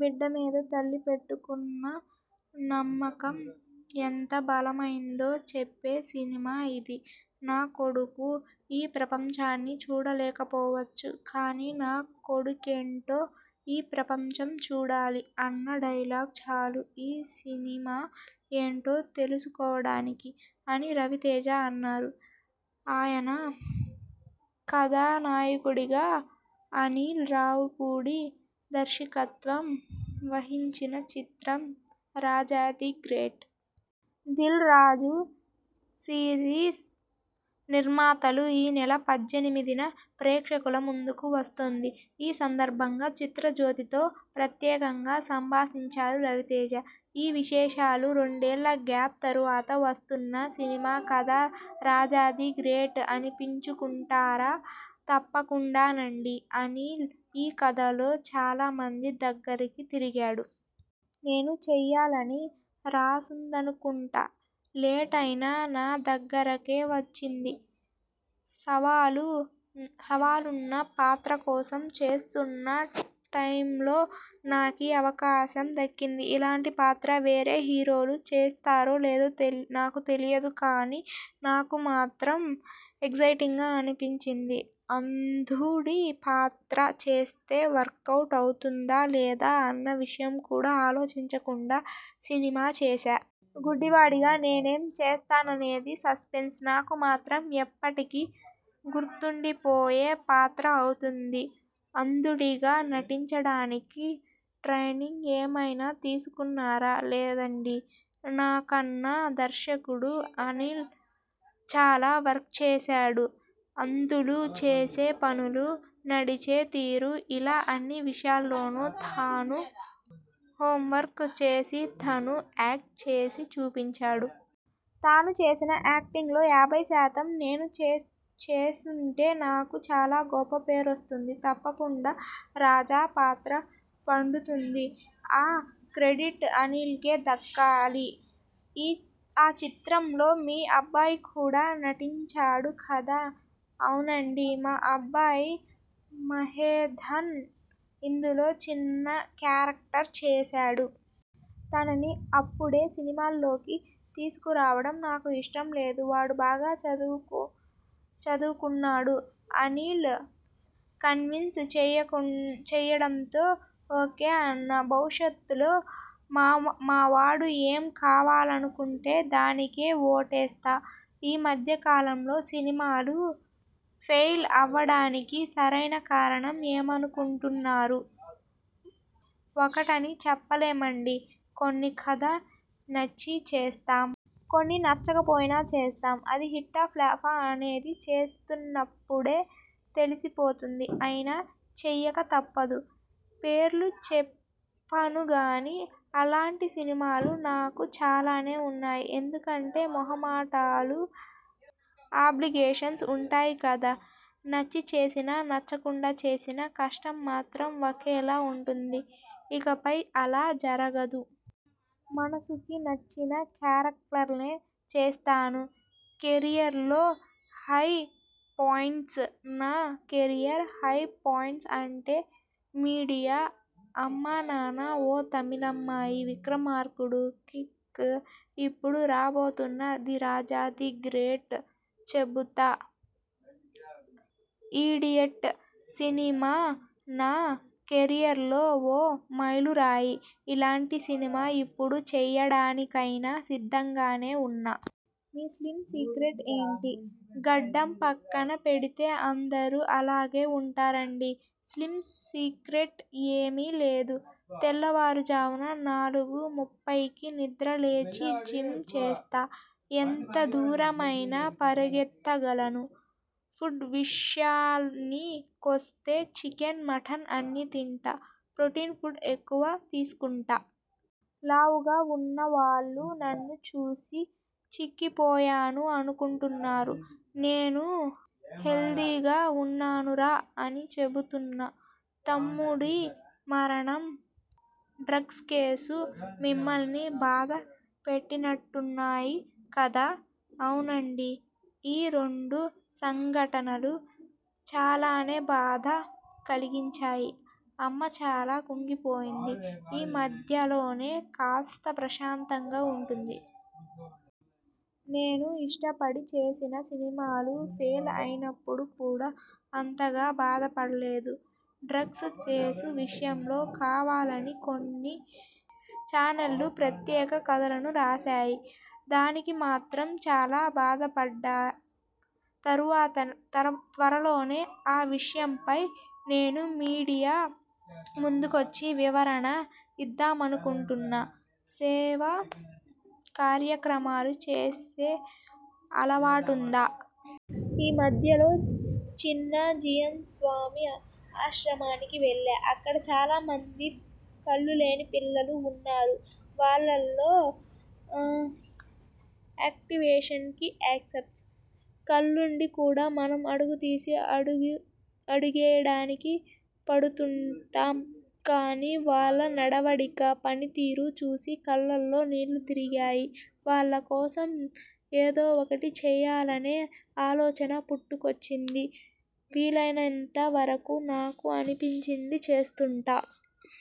బిడ్డ మీద తల్లి పెట్టుకున్న నమ్మకం ఎంత బలమైందో చెప్పే సినిమా ఇది. 'నా కొడుకు ఈ ప్రపంచాన్ని చూడలేకపోవచ్చు. కానీ నా కొడుకేంటో ఈ ప్రపంచం చూడాలి' అన్న డైలాగ్ చాలు ఈ సినిమా ఏంటో తెలుసుకోవడానికి'' అని రవితేజ అన్నారు. ఆయన కథానాయకుడిగా అనిల్ రావిపూడి దర్శకత్వం వహించిన చిత్రం 'రాజా ది గ్రేట్'. దిల్ రాజు, శిరీశ్ నిర్మాతలు. ఈ నెల పద్దెనిమిదిన ప్రేక్షకుల ముందుకు వస్తోంది. ఈ సందర్భంగా 'చిత్రజ్యోతి'తో ప్రత్యేకంగా సంభాషించారు రవితేజ. ఆ విశేషాలురెండేళ్ల గ్యాప్ తర్వాత వస్తున్న సినిమా కదా. 'రాజా ది గ్రేట్' అనిపించుకుంటారా? తప్పకుండానండీ. అనిల్ ఈ కథతో చాలామంది దగ్గరికి తిరిగాడు. నేను చెయ్యాలని రాసుందనుకుంటా. లేట్ అయినా నా దగ్గరికే వచ్చింది. సవాలున్న పాత్ర కోసం చూస్తున్న టైమ్లో నాకీ అవకాశం దక్కింది. ఇలాంటి పాత్ర వేరే హీరోలు చేస్తారో లేదో నాకు తెలీదు కానీ నాకు మాత్రం ఎగ్జైటింగ్గా అనిపించింది. అంధుడి పాత్ర చేస్తే వర్కవుట్ అవుతుందా లేదా అన్న విషయం కూడా ఆలోచించకుండా సినిమా చేశా. గుడ్డివాడిగా నేనేం చేస్తాననేది సస్పెన్స్. నాకు మాత్రం ఎప్పటికీ గుర్తుండిపోయే పాత్ర అవుతుంది. అంధుడిగా నటించడానికి ట్రైనింగ్ ఏమన్నా తీసుకున్నారా? లేదండీ. నాకన్నా దర్శకుడు అనిల్ చాలా వర్క్ చేశాడు. అంధులు చేసే పనులు, నడిచే తీరు ఇలా అన్ని విషయాల్లోనూ తను హోమ్వర్క్ చేసి తను యాక్ట్ చేసి చూపించాడు. తను చేసిన యాక్టింగ్లో యాభై శాతం నేను చేసుంటే నాకు చాలా గొప్ప పేరొస్తుంది. తప్పకుండా రాజా పాత్ర పండుతుంది. ఆ క్రెడిట్ అనిల్కే దక్కాలి. ఈ చిత్రంలో మీ అబ్బాయి కూడా నటించాడు కదా? అవునండీ.. మా అబ్బాయి మహాధన్ ఇందులో చిన్న క్యారెక్టర్ చేశాడు. తనని అప్పుడే సినిమాల్లోకి తీసుకురావడం నాకు ఇష్టం లేదు. వాడు బాగా చదువుకుంటున్నాడు. అనిల్ కన్విన్స్ చెయ్యడంతో ఓకే అన్నా. భవిష్యత్తులో మావాడు ఏం కావాలనుకుంటే దానికే ఓటేస్తా. ఈ మధ్యకాలంలో సినిమాలు ఫెయిల్ అవ్వడానికి సరైన కారణం ఏమనుకుంటున్నారు? ఒకటని చెప్పలేమండీ. కొన్ని కథ నచ్చి చేస్తాం. కొన్ని నచ్చకపోయినా చేస్తాం. అది హిట్టా ఫట్టా అనేది చేస్తున్నప్పుడే తెలిసిపోతుంది. అయినా చెయ్యక తప్పదు. పేర్లు చెప్పనుగానీ అలాంటి సినిమాలు నాకు చాలానే ఉన్నాయి. ఎందుకంటే మోహమాటాలు, ఆబ్లిగేషన్స్ ఉంటాయి కదా. నచ్చి చేసినా, నచ్చకుండా చేసినా కష్టం మాత్రం ఒకేలా ఉంటుంది. ఇకపై అలా జరగదు. మనసుకి నచ్చిన క్యారెక్టర్లే చేస్తాను. కెరీర్లో హై పాయింట్స్? నా కెరీర్ హై పాయింట్స్ అంటే 'ఇడియట్', 'అమ్మానాన్న ఓ తమిళమ్మాయి', 'విక్రమార్కుడు', 'కిక్' ఇప్పుడు రాబోతున్న 'రాజా ది గ్రేట్ అనే చెబుతా. 'ఇడియట్' సినిమా నా కెరీర్లో ఓ మైలురాయి. అలాంటి సినిమా ఇప్పుడు చెయ్యడానికైనా సిద్ధంగానే ఉన్నా. మీ స్లిమ్ సీక్రెట్ ఏంటి? గడ్డం పక్కన పెడితే అందరూ అలాగే అంటున్నారండీ. స్లిమ్ సీక్రెట్ ఏమీ లేదు. తెల్లవారుజామున నాలుగు ముప్పైకి నిద్రలేచి జిమ్ చేస్తా. ఎంత దూరమైనా పరిగెత్తగలను. ఫుడ్ విషయానికొస్తే.. చికెన్, మటన్ అన్నీ తింటా. ప్రోటీన్ ఫుడ్ ఎక్కువగా తీసుకుంటా. లావుగా ఉన్నవాళ్లు నన్ను చూసి చిక్కిపోయాను అనుకుంటున్నారు. 'నేను హెల్దీగా ఉన్నాను రా' అని చెబుతున్నా. తమ్ముడి మరణం, డ్రగ్స్ కేసు మిమ్మల్ని బాధ పెట్టినట్టున్నాయి కదా? అవునండీ. ఈ రెండు సంఘటనలు చాలానే బాధ కలిగించాయి. అమ్మ చాలా కుంగిపోయింది. ఈ మధ్యనే కాస్త ప్రశాంతంగా ఉటోంది. నేను ఇష్టపడి చేసిన సినిమాలు ఫెయిల్ అయినప్పుడు కూడా అంతగా బాధ పడలేదు. డ్రగ్స్ కేసు విషయంలో కావాలని కొన్ని ఛానెళ్లు ప్రత్యేక కథనాలు రాశాయి. దానికి మాత్రం చాలా బాధపడ్డా. త్వరలోనే ఆ విషయంపై నేనే మీడియా ముందుకొచ్చి వివరణ ఇద్దామనుకుంటున్నా. సేవా కార్యక్రమాలు చేసే అలవాటుందా? ఈ మధ్యనే చిన్నజీయర్స్వామి ఆశ్రమానికి వెళ్లా. అక్కడ చాలామంది కళ్లులేని పిల్లలు ఉన్నారు. వాళ్లలో యాక్టివ్నెస్కి హ్యాట్సాఫ్. కళ్లుండి కూడా మనం అడుగు తీసి అడుగేయడానికి పడుతుంటాం. కానీ వాళ్ల నడవడిక, పనితీరు చూసి కళ్లల్లో నీరు తిరిగాయి. వాళ్లకోసం ఏదొకటి చెయ్యాలనే ఆలోచన పుట్టుకొచ్చింది. వీలైనంత వరకూ నాకు అనిపించింది చేస్తుంటా.